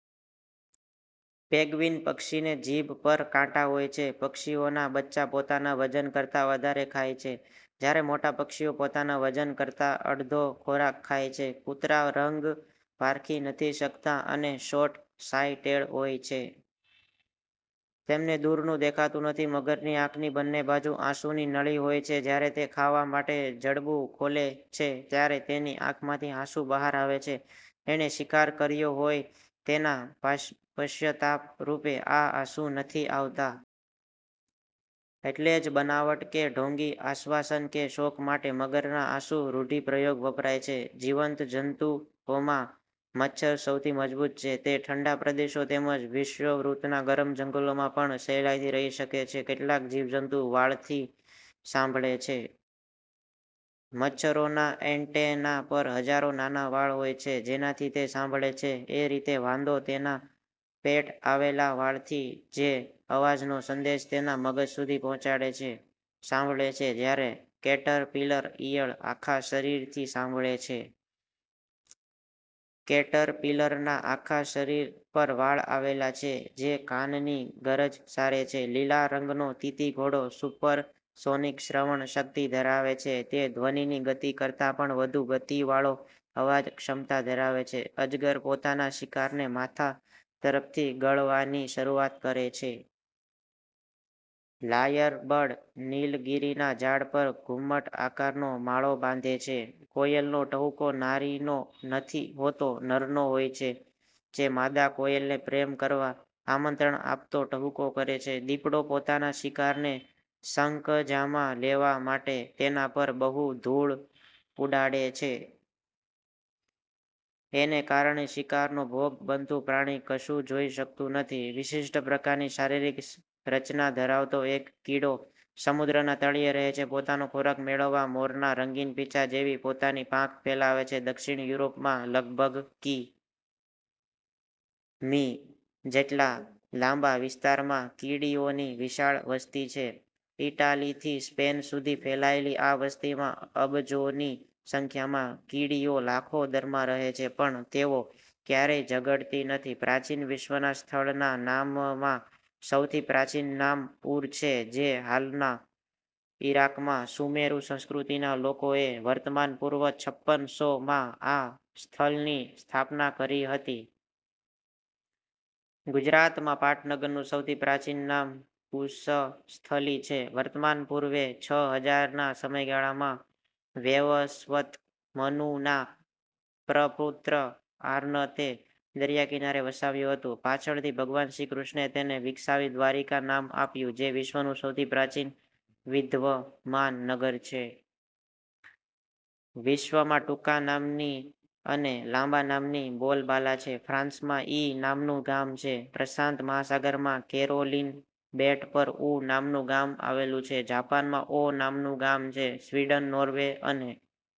Penguin પક્ષીને જીભ પર કાંટા હોય છે. પક્ષીઓનાં બચ્ચાં પોતાના વજન કરતાં વધારે ખાય છે, જ્યારે મોટાં પંખીઓ પોતાના વજન કરતાં અડધો ખોરાક ખાય છે. કૂતરાં રંગ પારખી નથી શકતાં અને 'શોર્ટ સાઈટેડ હોય છે. તેમને દૂરનું દેખાતું નથી. મગરની આંખની બન્ને બાજુ આંસુની નળી હોય છે. જ્યારે તે ખાવા માટે જડબું ખોલે છે ત્યારે એની આંખમાંથી આંસુ બહાર આવે છે. એણે શિકાર કર્યો હોય તેના પશ્ચાતાપરૂપે આ આંસુ નથી આવતાં. એટલે જ બનાવટ કે ઢોંગી આશ્વાસન કે શોક માટે 'મગરનાં આંસુ' રૂઢિપ્રયોગ વપરાય છે. જીવજંતુઓમાં મચ્છર સૌથી મજબૂત છે. તે ઠંડા પ્રદેશો તેમજ વિષુવવૃતનાં ગરમ જંગલોમાં પણ સહેલાઈથી રહી શકે છે. કેટલાક જીવજંતુ વાળથી સાંભળે છે. મચ્છરોના એંટેના પર હજારો નાના વાળ હોય છે જેનાથી તે સાંભળે છે. એ રીતે વાંદો તેના પેટ આવેલા વાળથી, જે અવાજનો સંદેશ તેના મગજ સુધી પહોંચાડે છે, સાંભળે છે. જ્યારે કેટરપીલર ઈયળ આખા શરીરથી સાંભળે છે. કેટરપીલરના આખા શરીર પર વાળ આવેલા છે જે કાનની ગરજ સારે છે. લીલા રંગનો તીતીઘોડો સુપરસોનિક શ્રવણ શક્તિ ધરાવે છે. તે ધ્વનિની ગતિ કરતાં પણ વધુ ગતિવાળો અવાજ ક્ષમતા ધરાવે છે. અજગર પોતાના શિકારને માથા તરફથી ગળવાની શરૂઆત કરે છે. લાયર બર્ડ નિલગિરિના ઝાડ પર ઘુમ્મટ આકારનો માળો બાંધે છે. કોયલનો ટહુકો નારીનો નથી હોતો નરનો હોય છે, જે માદા કોયલને પ્રેમ કરવા આમંત્રણ આપતો ટહુકો કરે છે. દીપડો પોતાના શિકારને સકંજામાં લેવા માટે તેના પર બહુ ધૂળ ઉડાડે છે. એને કારણે શિકારનો ભોગ બનતું પ્રાણી કશું જોઈ શકતું નથી. વિશિષ્ટ પ્રકારની શરીરિક રચના ધરાવતો એક કીડો સમુદ્રના તળિયે રહે છે. પોતાનો ખોરાક મેળવવા મોરના રંગીન પીંછા જેવી પોતાની પાંખ ફેલાવે છે. દક્ષિણ યુરોપમાં લગભગ કિ. મી. જેટલા લાંબા વિસ્તારમાં કીડીઓની વિશાળ વસ્તી છે. ઈટાલીથી સ્પેન સુધી ફેલાયેલી આ વસ્તીમાં અબજોની સંખ્યામાં કીડીઓ લાખો દરમાં રહે છે. પણ તેઓ ક્યારેય ઝગડતી નથી. પ્રાચીન વિશ્વનાં સ્થળનાં નામમાં સૌથી પ્રાચીન નામ ઉર છે જે હાલના ઈરાકમાં સુમેરુ સંસ્કૃતિનાં લોકોએ વર્તમાન પૂર્વે છપ્પન સો માં આ સ્થલની સ્થાપના કરી હતી. ગુજરાતમાં પાટનગરનું સૌથી પ્રાચીનૅ નામ કુશસ્થલી છે. વર્તમાન પૂર્વે છ હજાર ના સમયગાળામાં વૈવસ્વત મનુના પ્રપુત્ર આનર્તે દરિયાકિનારે વસાવ્યું હતું. પાછળ થી ભગવાન શ્રી કૃષ્ણે તેને વિકસાવી દ્વારિકા નામ આપ્યું, જે વિશ્વનું સૌથી પ્રાચીન વિદ્યમાન નગર છે. વિશ્વમાં ટુંકા નામની અને લાંબા નામની બોલબાલાછે. ફ્રાંસમાં 'ઈ' નામનું ગામ છે. પ્રશાંત મહાસાગરમાં કેરોલિન બેટ પર 'ઉ' નામનું ગામ આવેલું છે. જાપાનમાં 'ઓ' નામનું ગામ છે. સ્વિડન, નોર્વે અને